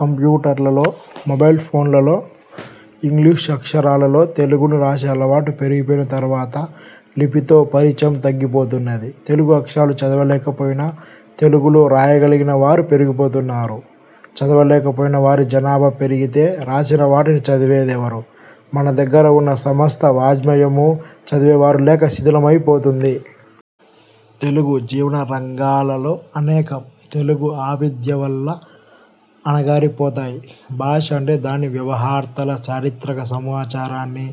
కంప్యూటర్లలో, mobile ఫోన్లలో English అక్షరాలలో తెలుగును రాసే అలవాటు పెరిగిపోయిన తరువాత, లిపితో పరిచయం తగ్గిపోతున్నది. తెలుగు అక్షరాలు చదవలేకపోయినా, తెలుగులో రాయగలిగిన వారు పెరుగిపోతున్నారు. చదవలేకపోయిన వారిజనాభా పెరిగితే, రాసిన వాటిని చదివేదెవరు? మన దగ్గర ఉన్న సమస్త వాఙ్మయమూ చదివేవారు లేక, శిథిలమై పోతుంది. తెలుగు జీవన రంగాలలో అనేకం, తెలుగు అవిద్య వల్ల అణగారిపోతాయి. భాష అంటే, దాని వ్యవహర్తల చారిత్రక సమాచారాన్ని,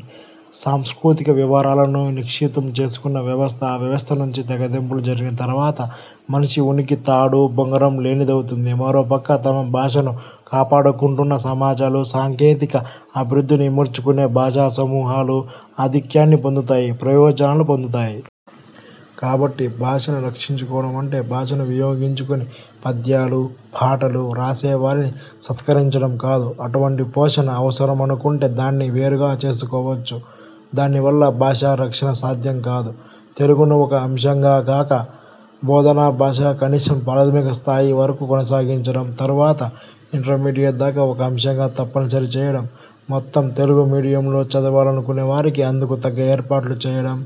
సాంస్కృతిక వివరాలను నిక్షిప్తం చేసుకున్న వ్యవస్థ. ఆ వ్యవస్థ నుంచి తెగదెంపులు జరిగిన తరవాత మనిషి ఉనికి తాడూ బొంగరమూ లేనిదవుతుంది. మరోపక్క, తమ భాషను కాపాడుకుంటున్న సమాజాలు, సాంకేతిక అభివృద్ధిని ఇముడ్చుకునే భాజా సమూహాలు ఆధిక్యాన్ని పొందుతాయి, ప్రయోజనాలనూ పొందుతాయి. కాబట్టి, భాషను రక్షించుకోవడం అంటే, భాషను వినియోగించుకుని పద్యాలూ పాటలూ రాసేవారిని సత్కరించడం కాదు. అటువంటి పోషణ అవసరమనుకుంటే దాన్ని వేరుగా చేసుకోవచ్చు. దాని వల్ల భాషారక్షణ సాధ్యం కాదు. తెలుగును ఒక అంశంగా కాక, బోధనా భాషగా కనీసం ప్రాథమిక స్థాయి వరకు కొనసాగించడం, తరువాత ఇంటర్మీడియేట్ దాకా ఒక అంశంగా తప్పనిసరి చేయడం, మొత్తం తెలుగు మీడియంలో చదవాలనుకునేవారికి అందుకు తగ్గ ఏర్పాట్లు చేయడం,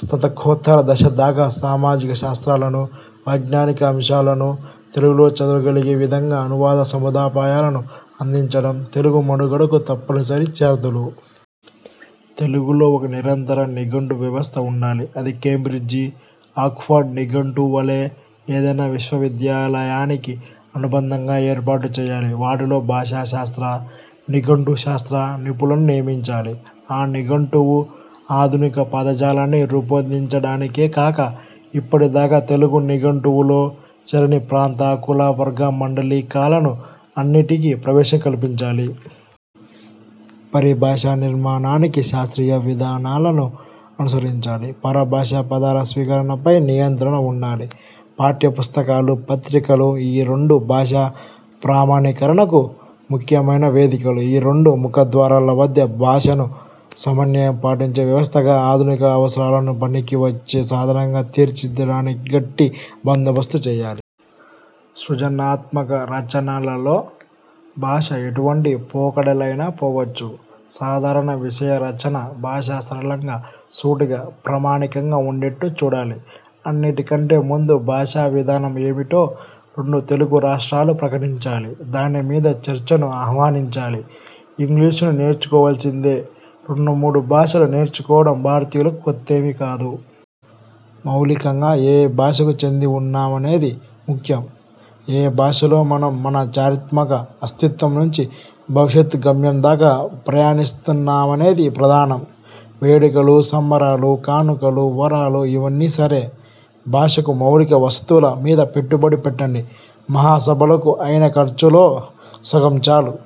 స్తతకోత్తర దశ దాకా సామాజిక శాస్త్రాలను, వైజ్ఞానిక అంశాలను తెలుగులో చదువగలిగే విధంగా అనువాద సముదాపాయాలను అందించడం– తెలుగు మనుగడకు తప్పనిసరి షరతులు. తెలుగులో ఒక నిరంతర నిఘంటు వ్యవస్థ ఉండాలి. అది కేంబ్రిడ్జి, ఆక్పర్డ్ నిఘంటువుల వలె, ఏదైనా విశ్వవిద్యాలయానికి అనుబంధంగా ఏర్పాటు చేయాలి. వాటిలో భాషాశాస్త్ర, నిఘంటు శాస్త్ర నిపులను నియమించాలి. ఈ నిఘంటువు, ఆధునిక పదజాలాన్ని రూపొందించడానికే కాక, ఇప్పటిదాకా తెలుగు నిఘంటువులో చేరని ప్రాంత, కుల, వర్గ మాండలికాలను అన్నిటికీ ప్రవేశం కల్పించాలి. పరిభాషా నిర్మాణానికి శాస్త్రీయ విధానాలను అనుసరించాలి. పరభాషాపదాల స్వీకరణపై నియంత్రణ ఉండాలి. పాఠ్యపుస్తకాలు, పత్రికలు – ఈ రెండూ భాష ప్రమాణీకరణకు ముఖ్యమైన వేదికలు. ఈ రెండు ముఖద్వారాల వద్ద భాషను సమన్యాయం పాటించే వ్యవస్థగా, ఆధునిక అవసరాలకు పనికివచ్చే సాధనంగా తీర్చిదిద్దడానికి గట్టి బందోబస్తు చేయాలి. సృజనాత్మక రచనలలో భాష ఎటువంటి పోకడలైనా పోవచ్చు. సాధారణ విషయరచనా భాష సరళంగా, సూటిగా, ప్రామాణికంగా ఉండేట్టు చూడాలి. అన్నిటికంటె ముందు, భాషా విధానం ఏమిటో రెండు తెలుగురాష్ట్రాలూ ప్రకటించాలి. దాని మీద చర్చను ఆహ్వానించాలి. ఇంగ్లీషును నేర్చుకోవలసిందే. రెండు మూడు భాషలు నేర్చుకోవడం భారతీయులకు కొత్తేమీ కాదు. మౌలికంగా ఏ భాషకు చెంది ఉన్నామనేది ముఖ్యం. ఏ భాషలో మనం మన చారిత్మక అస్తిత్వం నుంచి భవిష్యత్ గమ్యం దాకా ప్రయాణిస్తామనేది ప్రధానం. వేడుకలు, సంబరాలు, కానుకలు, వరాలు– ఇవన్నీ సరే. భాషకు మౌలిక వసతుల మీద పెట్టుబడి పెట్టండి. మహాసభలకు అయిన ఖర్చులో సగం చాలు.